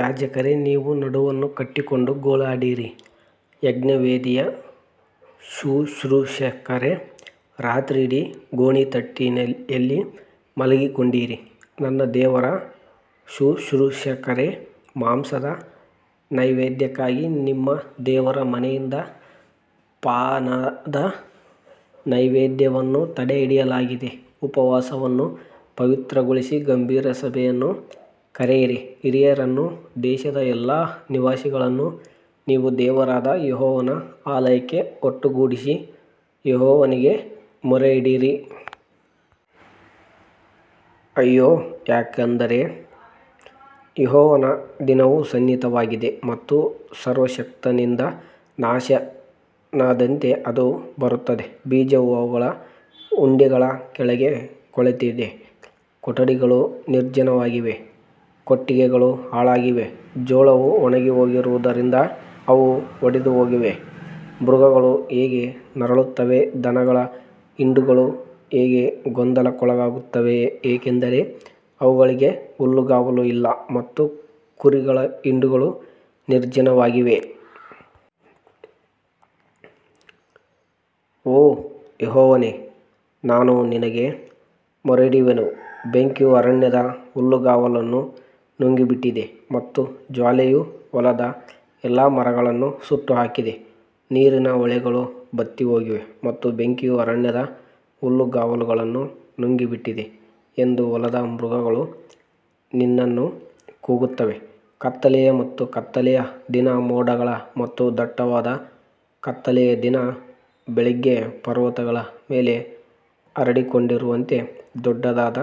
ಯಾಜಕರೇ, ನೀವು ನಡುವನ್ನು ಕಟ್ಟಿಕೊಂಡು ಗೋಳಾಡಿರಿ, ಯಜ್ಞವೇದಿಯ ಶುಶ್ರೂಷಕರೇ, ರಾತ್ರಿಯಿಡೀ ಗೋಣಿತಟ್ಟೆಯಲ್ಲಿ ಮಲಗಿಕೊಳ್ಳಿರಿ, ನನ್ನ ದೇವರ ಶುಶ್ರೂಷಕರೇ, ಮಾಂಸದ ನೈವೇದ್ಯಕ್ಕಾಗಿ ನಿಮ್ಮ ದೇವರ ಮನೆಯಿಂದ ಪಾನದ ನೈವೇದ್ಯವನ್ನು ತಡೆಹಿಡಿಯಲಾಗಿದೆ. ಉಪವಾಸವನ್ನು ಪವಿತ್ರಗೊಳಿಸಿ, ಗಂಭೀರ ಸಭೆಯನ್ನು ಕರೆಯಿರಿ, ಹಿರಿಯರನ್ನೂ ದೇಶದ ಎಲ್ಲಾ ನಿವಾಸಿಗಳನ್ನೂ ನಿಮ್ಮ ದೇವರಾದ ಯೆಹೋವನ ಆಲಯಕ್ಕೆ ಒಟ್ಟುಗೂಡಿಸಿ, ಯೆಹೋವನಿಗೆ ಮೊರೆಯಿಡಿರಿ. ಅಯ್ಯೋ, ಯಾಕಂದರೆ ಯೆಹೋವನ ದಿನವು ಸನ್ನಿಹಿತವಾಗಿದೆ ಮತ್ತು ಸರ್ವಶಕ್ತನಿಂದ ನಾಶನದಂತೆ ಅದು ಬರುತ್ತದೆ. ಬೀಜವು ಅವುಗಳ ಉಂಡೆಗಳ ಕೆಳಗೆ ಕೊಳೆತಿದೆ, ಕೊಠಡಿಗಳು ನಿರ್ಜನವಾಗಿವೆ, ಕೊಟ್ಟಿಗೆಗಳು ಹಾಳಾಗಿವೆ, ಜೋಳವು ಒಣಗಿಹೋಗಿರುವುದರಿಂದ ಅವು ಒಡೆದುಹೋಗಿವೆ. ಮೃಗಗಳು ಹೇಗೆ ನರಳುತ್ತವೆ, ದನಗಳ ಹಿಂಡುಗಳು ಹೇಗೆ ಗೊಂದಲಕ್ಕೊಳಗಾಗುತ್ತವೆ, ಏಕೆಂದರೆ ಅವುಗಳಿಗೆ ಹುಲ್ಲುಗಾವಲು ಇಲ್ಲ, ಮತ್ತು ಕುರಿಗಳ ಹಿಂಡುಗಳು ನಿರ್ಜನವಾಗಿವೆ. ಓ ಯೆಹೋವನೇ, ನಾನು ನಿನಗೆ ಮೊರೆಯಿಡುವೆನು, ಬೆಂಕಿಯು ಅರಣ್ಯದ ಹುಲ್ಲುಗಾವಲುಗಳನ್ನು ನುಂಗಿಬಿಟ್ಟಿದೆ ಮತ್ತು ಜ್ವಾಲೆಯು ಹೊಲದ ಎಲ್ಲಾ ಮರಗಳನ್ನು ಸುಟ್ಟುಹಾಕಿದೆ. ನೀರಿನ ಹೊಳೆಗಳು ಬತ್ತಿಹೋಗಿವೆ ಮತ್ತು ಬೆಂಕಿಯು ಅರಣ್ಯದ ಹುಲ್ಲುಗಾವಲುಗಳನ್ನು ನುಂಗಿಬಿಟ್ಟಿದೆ ಎಂದು ಹೊಲದ ಮೃಗಗಳು ನಿನ್ನನ್ನು ಕೂಗುತ್ತವೆ. ಕತ್ತಲೆಯ ಮತ್ತು ಕತ್ತಲೆಯ ದಿನ, ಮೋಡಗಳ ಮತ್ತು ದಟ್ಟವಾದ ಕತ್ತಲೆಯ ದಿನ, ಬೆಳಿಗ್ಗೆ ಪರ್ವತಗಳ ಮೇಲೆ ಹರಡಿಕೊಂಡಿರುವಂತೆ ದೊಡ್ಡದಾದ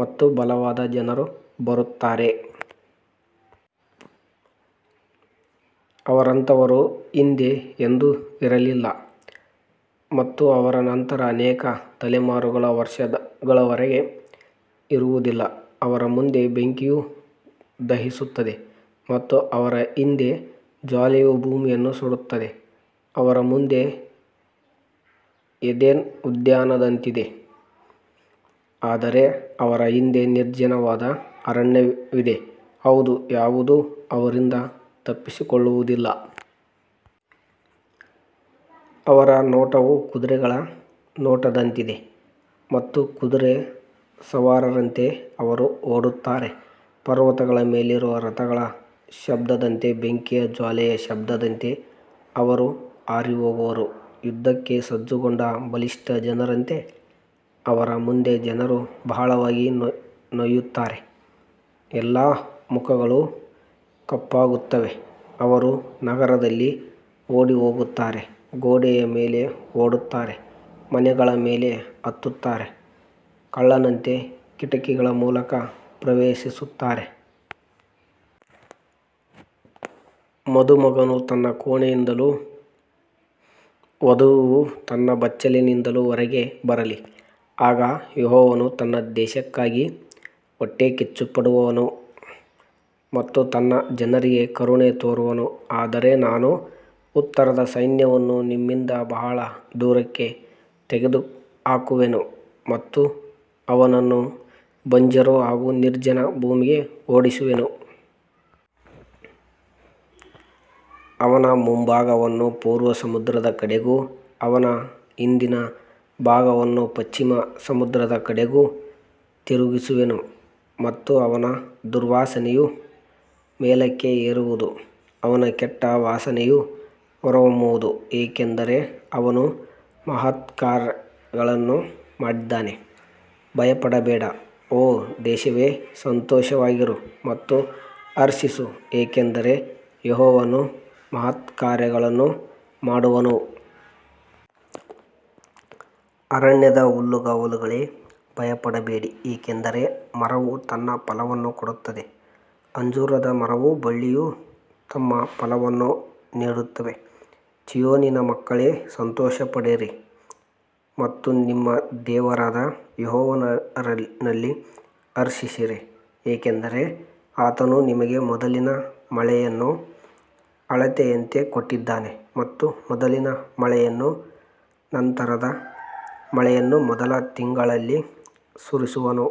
ಮತ್ತು ಬಲವಾದ ಜನರು ಬರುತ್ತಾರೆ. ಅವರಂತವರು ಹಿಂದೆ ಎಂದೂ ಇರಲಿಲ್ಲ ಮತ್ತು ಅವರ ನಂತರ ಅನೇಕ ತಲೆಮಾರುಗಳ ವರ್ಷಗಳವರೆಗೆ ಇರುವುದಿಲ್ಲ. ಅವರ ಮುಂದೆ ಬೆಂಕಿಯು ದಹಿಸುತ್ತದೆ ಮತ್ತು ಅವರ ಹಿಂದೆ ಜ್ವಾಲೆಯು ಭೂಮಿಯನ್ನು ಸುಡುತ್ತದೆ. ಅವರ ಮುಂದೆ ಏದೆನ್ ಉದ್ಯಾನದಂತಿದೆ, ಆದರೆ ಅವರ ಹಿಂದೆ ನಿರ್ಜನವಾದ ಅರಣ್ಯವಿದೆ, ಹೌದು, ಯಾವುದೂ ಅವರಿಂದ ತಪ್ಪಿಸಿಕೊಳ್ಳುವುದಿಲ್ಲ. ಅವರ ನೋಟವು ಕುದುರೆಗಳ ನೋಟದಂತಿದೆ ಮತ್ತು ಕುದುರೆ ಸವಾರರಂತೆ ಅವರು ಓಡುತ್ತಾರೆ. ಪರ್ವತಗಳ ಮೇಲಿರುವ ರಥಗಳ ಶಬ್ದದಂತೆ, ಬೆಂಕಿಯ ಜ್ವಾಲೆಯ ಶಬ್ದದಂತೆ ಅವರು ಹಾರಿಹೋಗುವರು, ಯುದ್ಧಕ್ಕೆ ಸಜ್ಜುಗೊಂಡ ಬಲಿಷ್ಠ ಜನರಂತೆ. ಅವರ ಮುಂದೆ ಜನರು ಬಹಳವಾಗಿ ನೋಯುತ್ತಾರೆ, ಎಲ್ಲಾ ಮುಖಗಳು ಕಪ್ಪಾಗುತ್ತವೆ. ಅವರು ನಗರದಲ್ಲಿ ಓಡಿಹೋಗುತ್ತಾರೆ, ಗೋಡೆಯ ಮೇಲೆ ಓಡುತ್ತಾರೆ, ಮನೆಗಳ ಮೇಲೆ ಹತ್ತುತ್ತಾರೆ, ಕಳ್ಳನಂತೆ ಕಿಟಕಿಗಳ ಮೂಲಕ ಪ್ರವೇಶಿಸುತ್ತಾರೆ. ಮದುಮಗನು ತನ್ನ ಕೋಣೆಯಿಂದಲೂ ವಧುವು ತನ್ನ ಬಚ್ಚಲಿನಿಂದಲೂ ಹೊರಗೆ ಬರಲಿ. ಆಗ ಯೆಹೋವನು ತನ್ನ ದೇಶಕ್ಕಾಗಿ ಹೊಟ್ಟೆಕಿಚ್ಚುಪಡುವನು ಮತ್ತು ತನ್ನ ಜನರಿಗೆ ಕರುಣೆ ತೋರುವನು. ಆದರೆ ನಾನು ಉತ್ತರದ ಸೈನ್ಯವನ್ನು ನಿಮ್ಮಿಂದ ಬಹಳ ದೂರಕ್ಕೆ ತೆಗೆದುಹಾಕುವೆನು ಮತ್ತು ಅವನನ್ನು ಬಂಜರು ಹಾಗೂ ನಿರ್ಜನ ಭೂಮಿಗೆ ಓಡಿಸುವೆನು. ಅವನ ಮುಂಭಾಗವನ್ನು ಪೂರ್ವ ಸಮುದ್ರದ ಕಡೆಗೂ ಅವನ ಹಿಂದಿನ ಭಾಗವನ್ನು ಪಶ್ಚಿಮ ಸಮುದ್ರದ ಕಡೆಗೂ ತಿರುಗಿಸುವೆನು, ಮತ್ತು ಅವನ ದುರ್ವಾಸನೆಯು ಮೇಲಕ್ಕೆ ಏರುವುದು, ಅವನ ಕೆಟ್ಟ ವಾಸನೆಯು ಹೊರಹೊಮ್ಮುವುದು, ಏಕೆಂದರೆ ಅವನು ಮಹತ್ಕಾರ್ಯಗಳನ್ನು ಮಾಡಿದ್ದಾನೆ. ಭಯಪಡಬೇಡ, ಓ ದೇಶವೇ, ಸಂತೋಷವಾಗಿರು ಮತ್ತು ಹರ್ಷಿಸು, ಏಕೆಂದರೆ ಯೆಹೋವನು ಮಹತ್ಕಾರ್ಯಗಳನ್ನು ಮಾಡುವನು. ಅರಣ್ಯದ ಹುಲ್ಲುಗಾವಲುಗಳೇ, ಭಯಪಡಬೇಡಿ, ಏಕೆಂದರೆ ಮರವು ತನ್ನ ಫಲವನ್ನು ಕೊಡುತ್ತದೆ, ಅಂಜೂರದ ಮರವೂ ಬಳ್ಳಿಯೂ ತಮ್ಮ ಫಲವನ್ನು ನೀಡುತ್ತವೆ. ಚೀಯೋನಿನ ಮಕ್ಕಳೇ, ಸಂತೋಷಪಡಿರಿ ಮತ್ತು ನಿಮ್ಮ ದೇವರಾದ ಯೆಹೋವನಲ್ಲಿ ಹರ್ಷಿಸಿರಿ, ಏಕೆಂದರೆ ಆತನು ನಿಮಗೆ ಮೊದಲಿನ ಮಳೆಯನ್ನು ಅಳತೆಯಂತೆ ಕೊಟ್ಟಿದ್ದಾನೆ ಮತ್ತು ಮೊದಲಿನ ಮಳೆಯನ್ನೂ ನಂತರದ ಮಳೆಯನ್ನೂ ಮೊದಲ ತಿಂಗಳಲ್ಲಿ ಸುರಿಸುವನು.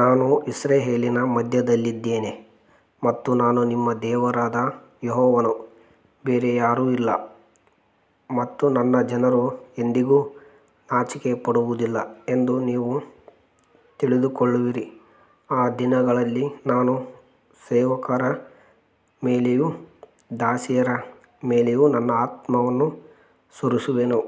ನಾನು ಇಸ್ರಾಯೇಲಿನ ಮಧ್ಯದಲ್ಲಿದ್ದೇನೆ ಮತ್ತು ನಾನು ನಿಮ್ಮ ದೇವರಾದ ಯೆಹೋವನು, ಬೇರೆ ಯಾರೂ ಇಲ್ಲ, ಮತ್ತು ನನ್ನ ಜನರು ಎಂದಿಗೂ ನಾಚಿಕೆಪಡುವುದಿಲ್ಲ ಎಂದು ನೀವು ತಿಳಿದುಕೊಳ್ಳುವಿರಿ. ಆ ದಿನಗಳಲ್ಲಿ ನಾನು ಸೇವಕರ ಮೇಲೆಯೂ ದಾಸಿಯರ ಮೇಲೆಯೂ ನನ್ನ ಆತ್ಮವನ್ನು ಸುರಿಸುವೆನು.